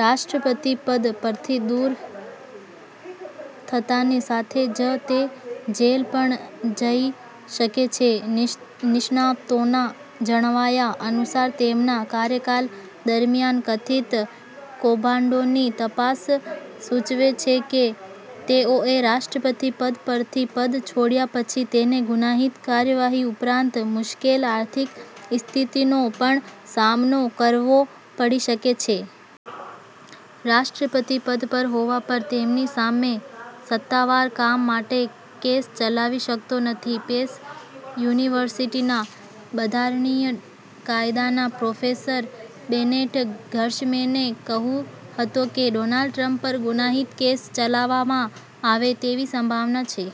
રાષ્ટ્રપતિ પદ પરથી દૂર થતાંની સાથે જ તે જેલ પણ જઈ શકે છે. નિષ્ણાતોના જણાવ્યા અનુસાર, તેમના કાર્યકાળ દરમિયાન કથિત કૌભાંડોની તપાસ સૂચવે છે કે, તેઓએ રાષ્ટ્રપતિ પદ પરથી પદ છોડ્યા પછી તેને ગુનાહિત કાર્યવાહી ઉપરાંત મુશ્કેલ આર્થિક સ્થિતિનો પણ સામનો કરવો પડી શકે છે. રાષ્ટ્રપતિ પદ પર હોવા પર, તેમની સામે સત્તાવાર કામ માટે કેસ ચલાવી શકાતો નથી. પેસ યુનિવર્સિટીના બંધારણીય કાયદાના પ્રોફેસર બેનેટ ગેર્શમેને કહ્યું હતું કે, ડોનાલ્ડ ટ્રમ્પ પર ગુનાહિત કેસ ચલાવવામાં આવે તેવી સંભાવના છે.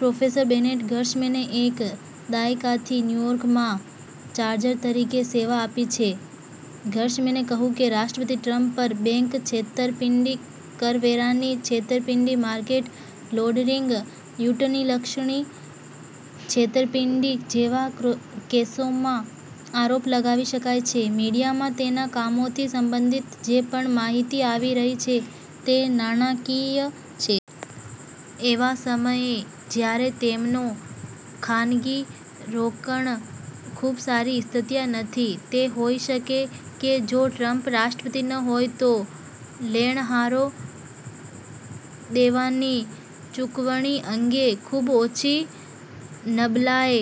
પ્રોફેસર બેનેટ ગેર્શમેને એક દાયકાથી ન્યૂયોર્કમાં ચાર્જર તરીકે સેવા આપી છે. ગેર્શમેને કહ્યું કે, રાષ્ટ્રપતિ ટ્રમ્પ પર બેંક છેતરપિંડી, કરવેરાની છેતરપિંડી, માર્કેટ લોન્ડરિંગ, ચૂંટણીલક્ષી છેતરપિંડી જેવા કેસોમાં આરોપ લગાવી શકાય છે. મીડિયામાં તેના કામોથી સંબંધિત જે પણ માહિતી આવી રહી છે તે નાણાકીય છે. એવા સમયે જ્યારે તેમનો ખાનગી રોકાણ ખૂબ સારી સ્થિતિમાં નથી. તે હોઈ શકે કે જો ટ્રમ્પ રાષ્ટ્રપતિ ન હોય તો લેણદારો દેવાની ચુકવણી અંગે ખૂબ ઓછી નબળાઇ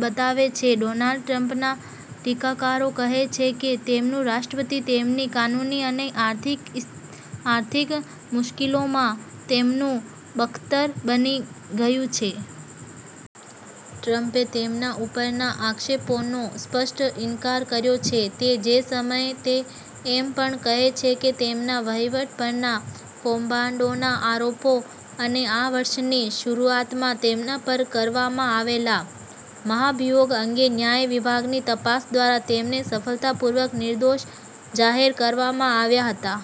બતાવે છે. ડોનાલ્ડ ટ્રમ્પના ટીકાકારો કહે છે કે, તેમનું રાષ્ટ્રપતિ તેમની કાનૂની અને આર્થિક મુશ્કેલીઓમાં તેમનું બખ્તર બની ગયું છે. ટ્રમ્પે તેમના ઉપરના આક્ષેપોનો સ્પષ્ટ ઇનકાર કર્યો છે. તે જ સમયે, તે એમ પણ કહે છે કે તેમના વહીવટ પરના કૌભાંડોના આરોપો અને આ વર્ષની શરૂઆતમાં તેમના પર કરવામાં આવેલા મહાભિયોગ અંગે ન્યાય વિભાગની તપાસ દ્વારા તેમને સફળતાપૂર્વક નિર્દોષ જાહેર કરવામાં આવ્યા હતા.